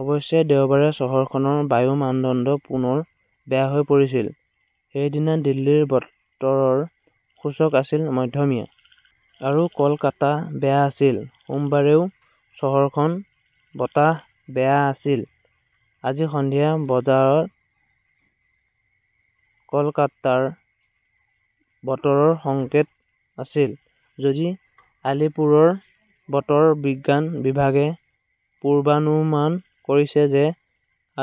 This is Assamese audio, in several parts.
অৱশ্যে, দেওবাৰে চহৰখনৰ বায়ুৰ মানদণ্ড পুনৰ বেয়া হৈ পৰিছিল। সেইদিনা দিল্লীৰ বতৰৰ সূচক আছিল মধ্যমীয়া। আৰু কলকাতা বেয়া আছিল। সোমবাৰেও চহৰখনৰ বতাহ 'বেয়া "আছিল। আজি সন্ধিয়া বজাত কলকাতাৰ বতৰৰ সংকেত আছিল। যদিও আলীপুৰৰ বতৰ বিজ্ঞান বিভাগে পূৰ্বানুমান কৰিছে যে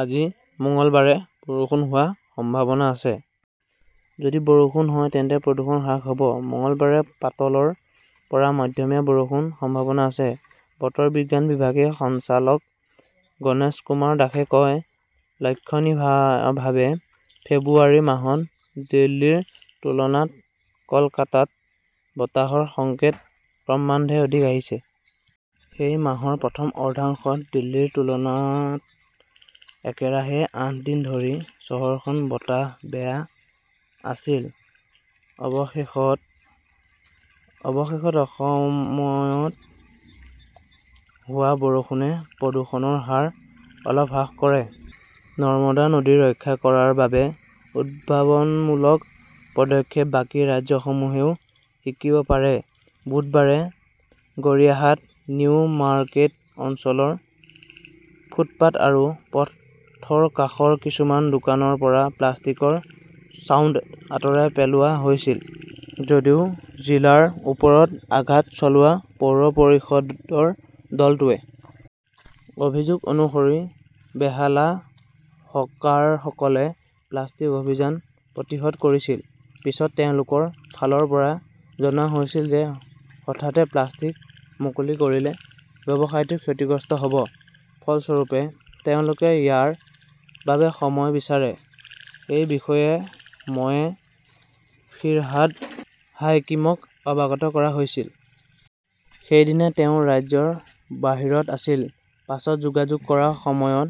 আজি মঙলবাৰে বৰষুণ হোৱাৰ সম্ভাৱনা আছে। যদি বৰষুণ হয় তেন্তে প্ৰদূষণ হ্ৰাস হ "ব। "মঙলবাৰে পাতলৰ পৰা মধ্যমীয়া বৰষুণৰ সম্ভাৱনা আছে", বতৰ বিজ্ঞান বিভাগৰ সঞ্চালক গণেশকুমাৰ দাসে কয়। "লক্ষণীয়ভাৱে, ফেব্ৰুৱাৰী মাহত দিল্লীৰ তুলনাত কলকাতাত বতাহৰ সংকেত ক্ৰমান্বয়ে অধিক আছিল। সেই মাহৰ প্ৰথম অৰ্ধাংশত দিল্লীৰ তুলনাত একেৰাহে আঠ দিন ধৰি চহৰখনৰ বতাহ বেয়া আছিল। অৱশেষত, অৱশেষত, অসময়ত হোৱা বৰষুণে প্ৰদূষণৰ হাৰ অলপ হ্ৰাস কৰে। নৰ্মদা নদী ৰক্ষা কৰাৰ বাবে উদ্ভাৱনীমূলক পদক্ষেপ, বাকী ৰাজ্যসমূহেও শিকিব পাৰে বুধবাৰে গড়িয়াহাট, নিউ মাৰ্কেট অঞ্চলৰ ফুটপাত আৰু পথৰ কাষৰ কিছুমান দোকানৰ পৰা প্লাষ্টিকৰ ছাউণ্ড আঁতৰাই পেলোৱা হৈছিল যদিও ভিলাৰ ওপৰত 'আঘাত "চলোৱা পৌৰ পৰিষদৰ দলটোৱে। অভিযোগ অনুসৰি বেহালা হ 'কাৰসকলে প্লাষ্টিক অভিযান প্ৰতিহত কৰিছিল। পিছত তেওঁলোকৰ ফালৰ পৰা জনোৱা হৈছিল যে হঠাতে প্লাষ্টিক মুকলি কৰিলে ব্যৱসায়টো ক্ষতিগ্ৰস্ত হ "ব। ফলস্বৰূপে, তেওঁলোকে ইয়াৰ বাবে সময় বিচাৰে। এই বিষয়ে মেয়ৰ ফিৰহাদ হাকিমক অৱগত কৰা হৈছিল। সেইদিনা তেওঁ ৰাজ্যৰ বাহিৰত আছিল। পিছত যোগাযোগ কৰাৰ সময়ত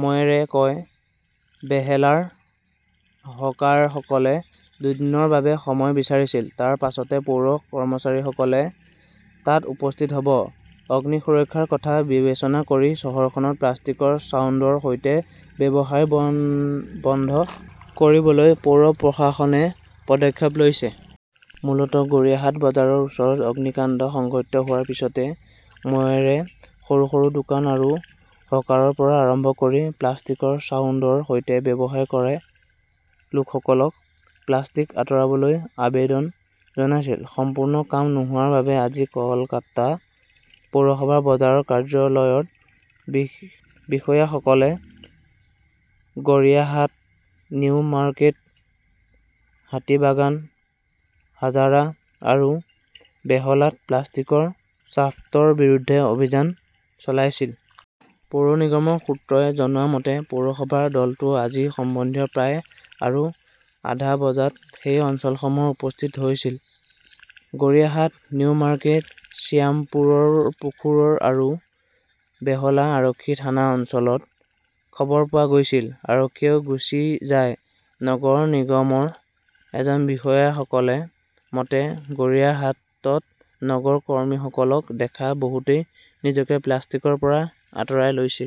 মেয়ৰে কয়, "বেহেলাৰ হ 'কাৰসকলে দুদিনৰ বাবে সময় বিচাৰিছিল। তাৰ পিছতে পৌৰ কৰ্মচাৰীসকলে তাত উপস্থিত হ "ব। "অগ্নি সুৰক্ষাৰ কথা বিবেচনা কৰি চহৰখনত প্লাষ্টিকৰ ছাউণ্ডৰ সৈতে ব্যৱসায় বন্ধ কৰিবলৈ পৌৰ প্ৰশাসনে পদক্ষেপ লৈছে। মূলতঃ গড়িয়াহাট বজাৰৰ ওচৰত অগ্নিকাণ্ড সংঘটিত হোৱাৰ পিছতে মেয়ৰে সৰু সৰু দোকান আৰু হকাৰৰ পৰা আৰম্ভ কৰি প্লাষ্টিকৰ ছাউণ্ডৰ সৈতে ব্যৱসায় কৰা লোকসকলক প্লাষ্টিক আঁতৰাবলৈ আবেদন জনাইছিল। সম্পূৰ্ণ কাম নোহোৱাৰ বাবে আজি কলকাতা পৌৰসভাৰ বজাৰ কাৰ্যালয়ৰ বিষয়াসকলে গড়িয়াহাট, নিউ মাৰ্কেট, হাতিবাগান, হাজাৰা আৰু বেহলাত প্লাষ্টিকৰ ছাফ্টৰ বিৰুদ্ধে অভিযান চলাইছিল। পৌৰ নিগমৰ সূত্ৰই জনোৱা মতে, পৌৰসভাৰ দলটোৱে আজি সন্ধিয়া প্ৰায় আৰু আধা বজাত সেই অঞ্চলসমূহত উপস্থিত হৈছিল। গড়িয়াহাট, নিউ মাৰ্কেট, শ্যামপুখুৰ আৰু বেহলা আৰক্ষী থানা অঞ্চলত খবৰ পোৱা গৈছিল। আৰক্ষীয়েও গুচি যায়। নগৰ নিগমৰ এজন বিষয়াসকলৰ মতে, গড়িয়াহাটত নগৰ কৰ্মীসকলক দেখি বহুতে নিজকে প্লাষ্টিকৰ পৰা আঁতৰাই লৈছে।